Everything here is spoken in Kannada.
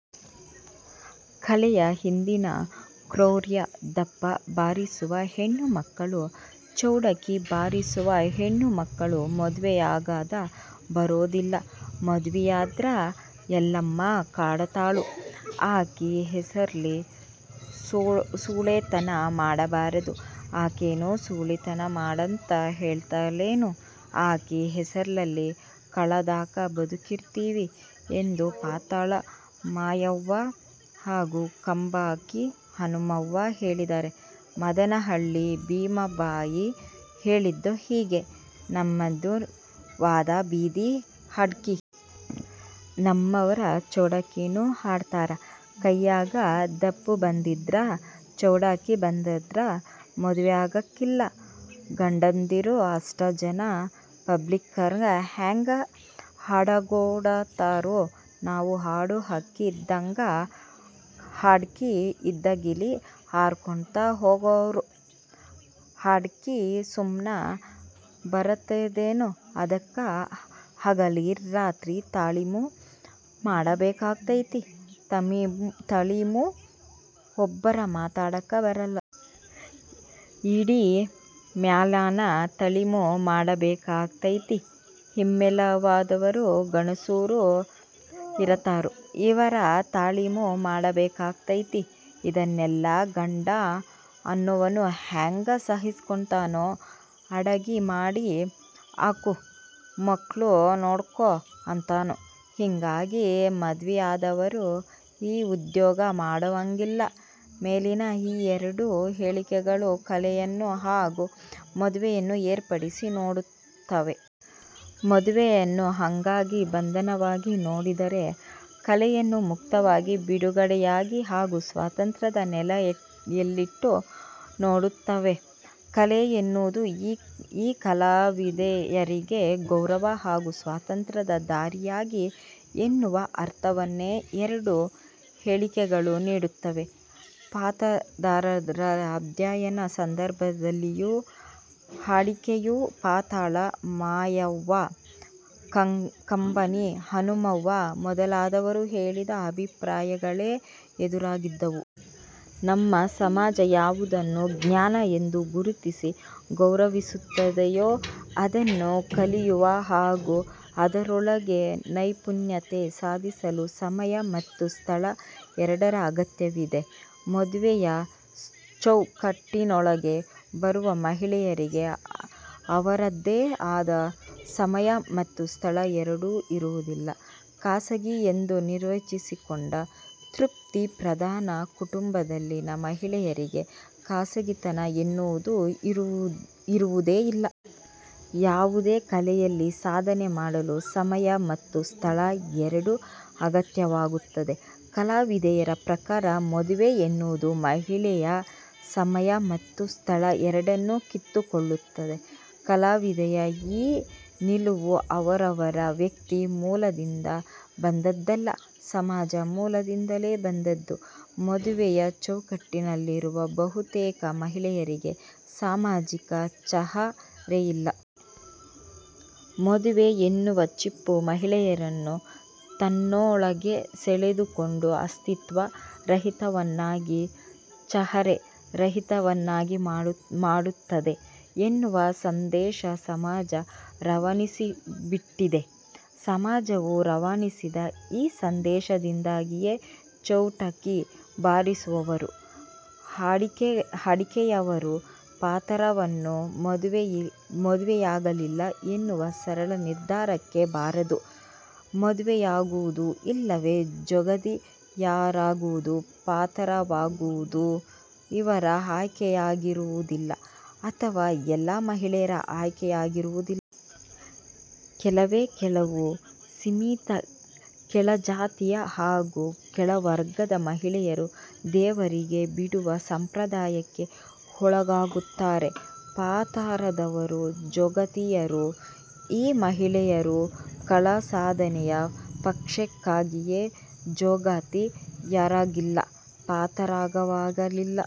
ಕಲೆಯ ಹಿಂದಿನ ಕ್ರೌರ್ಯ "ದಪ್ಪ ಬಾರಿಸುವ ಹೆಣ್ಣು ಮಕ್ಕಳು, ಚೌಡಿಕಿ ಬಾರಿಸುವ ಹೆಣ್ಣು ಮಕ್ಕಳು ಮದುವೆಯಾಗಾಕ ಬರೂದಿಲ್ಲ. ಮದುವಿಯಾದ್ರ ಯಲ್ಲಮ್ಮ ಕಾಡತಾಳು. ಆಕಿ ಹೆಸರ್ಲಿ ಸೂಳೆತನ ಮಾಡಬಾರದು. ಆಕೇನು ಸೂಳಿತನ ಮಾಡಂತ ಹೇಳ್ತಾಳೇನು ಆಕಿ ಹೆಸರ್ಲಿ ಕಲಾದಾಗ ಬದುಕ್ತೀವಿ" ಎಂದು ಪಾತಾಳ ಮಾಯವ್ವ ಹಾಗೂ ಕಂಬಾಗಿ ಹನುಮವ್ವ ಹೇಳಿದರೆ, ಮದನ ಹಳ್ಳಿ ಭೀಮಬಾಯಿ ಹೇಳಿದ್ದು ಹೀಗೆ: "ನಮ್ಮದು ವಾದಾ ಬೀದಿ ಹಾಡ್ಕಿ. ನಮ್ಮವರ ಚೌಡಕಿನೂ ಹಾಡ್ತಾರ. ಕೈಯಾಗ ದಪ್ಪು ಬಂತಂದ್ರ, ಚೌಡಕಿ ಬಂತಂದ್ರ ಮದುವೆಯಾಗಂಗಿಲ್ಲ. ಗಂಡಂದಿರು ಅಷ್ಟ ಜನಾ ಪಬ್ಲಿಕ್ನಾಗ ಹ್ಯಾಂಗ ಹಾಡಗೊಡತಾರು ನಾವು ಹಾಡು ಹಕ್ಕಿ ಇದ್ದಂಗ. ಹಾಡ್ಕಿ ಇದ್ದಲ್ಲಿಗಿ ಹಾರಕೋಂತ ಹೋಗೋರು. ಹಾಡ್ಕಿ ಸುಮ್ನ ಬರತದೇನು ಅದಕ್ಕ ಹಗಲಿ ರಾತ್ರಿ ತಾಲೀಮು ಮಾಡಬೇಕಾಗುತೈತಿ. ತಾಲೀಮು ಒಬ್ಬರ ಮಾಡಾಕ ಬರಲ್ಲ. ಇಡೀ ಮ್ಯಾಳಾನ ತಾಲೀಮು ಮಾಡಬೇಕಾಗತೈತಿ. ಹಿಮ್ಮೇಳದವರು ಗಣಸೂರು ಇರತಾರು. ಇವರ ತಾಲೀಮು ಮಾಡಬೇಕಾಗತೈತಿ. ಇದನ್ನೆಲ್ಲಾ ಗಂಡ ಅನ್ನುವನು ಹ್ಯಾಂಗ ಸಹಸ್ಕೋತಾನು ಅಡಗಿ ಮಾಡಿ ಹಾಕು, ಮಕ್ಳು ನೋಡ್ಕೋ ಅಂತಾನು. ಹಿಂಗಾಗಿ ಮದ್ವಿಯಾದವರು ಈ ಉದ್ಯೋಗ ಮಾಡುವಂಗಿಲ್ಲ. ಮೇಲಿನ ಈ ಎರಡೂ ಹೇಳಿಕೆಗಳು ಕಲೆಯನ್ನು ಹಾಗೂ ಮದುವೆಯನ್ನು ಬೇರ್ಪಡಿಸಿ ನೋಡುತ್ತವೆ. ಮದುವೆಯನ್ನು ಹಂಗಾಗಿ, ಬಂಧನವಾಗಿ ನೋಡಿದರೆ; ಕಲೆಯನ್ನು ಮುಕ್ತವಾಗಿ, ಬಿಡುಗಡೆಯಾಗಿ ಹಾಗೂ ಸ್ವಾತಂತ್ರ್ಯದ ನೆಲೆಯಲ್ಲಿಟ್ಟು ನೋಡುತ್ತವೆ. 'ಕಲೆ' ಎನ್ನುವುದು ಈ ಕಲಾವಿದೆಯರಿಗೆ ಗೌರವ ಹಾಗೂ ಸ್ವಾತಂತ್ರ್ಯದ ದಾರಿಯಾಗಿದೆ ಎನ್ನುವ ಅರ್ಥವನ್ನೇ ಎರಡೂ ಹೇಳಿಕೆಗಳು ನೀಡುತ್ತವೆ. ಪಾತರದವರ ಅಧ್ಯಯನ ಸಂದರ್ಭದಲ್ಲಿಯೂ ಹಾಡಿಕೆಯು ಪಾತಾಳ ಮಾಯವ್ವ, ಕಂಬಾಗಿ ಹನುಮವ್ವ ಮೊದಲಾದವರು ಹೇಳಿದ ಅಭಿಪ್ರಾಯಗಳೇ ಎದುರಾಗಿದ್ದವು. ನಮ್ಮ ಸಮಾಜ ಯಾವುದನ್ನು 'ಜ್ಞಾನ' ಎಂದು ಗುರುತಿಸಿ ಗೌರವಿಸುತ್ತದೆಯೋ ಅದನ್ನು ಕಲಿಯಲು ಹಾಗೂ ಅದರೊಳಗೆ ನೈಪುಣ್ಯತೆ ಸಾಧಿಸಲು ಸಮಯ ಮತ್ತು ಸ್ಥಳ ಎರಡರ ಅಗತ್ಯವಿದೆ. ಮದುವೆಯ ಚೌಕಟ್ಟಿನೊಳಗಡೆ ಬರುವ ಮಹಿಳೆಯರಿಗೆ ಅವರದ್ದೇ ಆದ ಸಮಯ ಮತ್ತು ಸ್ಥಳ ಎರಡೂ ಇರುವುದಿಲ್ಲ. 'ಖಾಸಗಿ' ಎಂದು ನಿರ್ವಚಿಸಿಕೊಂಡ ಪಿತೃ ಪ್ರಧಾನ ಕುಟುಂಬದಲ್ಲಿನ ಮಹಿಳೆಯರಿಗೆ ಖಾಸಗಿತನ ಎನ್ನುವುದು ಇರುವುದೇ ಇಲ್ಲ. ಯಾವುದೇ ಕಲೆಯಲ್ಲಿ ಸಾಧನೆ ಮಾಡಲು ಸಮಯ ಮತ್ತು ಸ್ಥಳ ಎರಡೂ ಅಗತ್ಯವಾಗಿರುತ್ತದೆ. ಕಲಾವಿದೆಯರ ಪ್ರಕಾರ ಮದುವೆ ಎನ್ನುವುದು ಮಹಿಳೆಯ ಸಮಯ ಮತ್ತು ಸ್ಥಳ ಎರಡನ್ನೂ ಕಿತ್ತುಕೊಳ್ಳುತ್ತದೆ. ಕಲಾವಿದೆಯರ ಈ ನಿಲುವು ಅವರವರ ವ್ಯಕ್ತಿ ಮೂಲದಿಂದ ಬಂದದ್ದಲ್ಲ; ಸಮಾಜ ಮೂಲದಿಂದಲೇ ಬಂದದ್ದು. ಮದುವೆಯ ಚೌಕಟ್ಟಿನಲ್ಲಿರುವ ಬಹುತೇಕ ಮಹಿಳೆಯರಿಗೆ ಸಾಮಾಜಿಕ ಚಹರೆಯಿಲ್ಲ. ಮದುವೆ ಎನ್ನುವ ಚಿಪ್ಪು ಮಹಿಳೆಯರನ್ನು ತನ್ನೊಳಗೆ ಸೆಳೆದುಕೊಂಡು ಅಸ್ತಿತ್ವ ರಹಿತಳನ್ನಾಗಿ, ಚಹರೆ ರಹಿತಳನ್ನಾಗಿ ಮಾಡುತ್ತದೆ ಎನ್ನುವ ಸಂದೇಶ ಸಮಾಜ ರವಾನಿಸಿಬಿಟ್ಟಿದೆ. ಸಮಾಜವು ರವಾನಿಸಿದ ಈ ಸಂದೇಶದಿಂದಾಗಿಯೇ ಚೌಡಕಿ ಬಾರಿಸುವವರು, ಹಾಡಿಕೆಯವರು, ಪಾತರದವರು ಮದುವೆಯಾಗಿಲ್ಲ ಎನ್ನುವ ಸರಳ ನಿರ್ಧಾರಕ್ಕೆ ಬರಬಾರದು. ಮದುವೆಯಾಗುವುದು ಇಲ್ಲವೆ 'ಜೋಗತಿ'ಯರಾಗುವುದು, ಪಾತರದವರಾಗುವುದು ಇವರ ಆಯ್ಕೆಯಾಗಿರುವುದಿಲ್ಲ; ಅಥವಾ ಎಲ್ಲ ಮಹಿಳೆಯರ ಆಯ್ಕೆಯಾಗಿರುವುದಿಲ್ಲ. ಕೆಲವೇ ಕೆಲವು ಸೀಮಿತ ಕೆಳಜಾತಿಯ ಹಾಗೂ ಕೆಳವರ್ಗದ ಮಹಿಳೆಯರು ದೇವರಿಗೆ ಬಿಡುವ ಸಂಪ್ರದಾಯಕ್ಕೆ ಒಳಗಾಗುತ್ತಾರೆ. 'ಪಾತರದವರು', 'ಜೋಗತಿಯರು' ಈ ಮಹಿಳೆಯರಾರೂ ಕಲಾ ಸಾಧನೆಯ ಅಪೇಕ್ಷೆಗಾಗಿಯೇ 'ಜೋಗತಿ'ಯರಾಗಿಲ್ಲ; ಪಾತರದವರಾಗಿಲ್ಲ.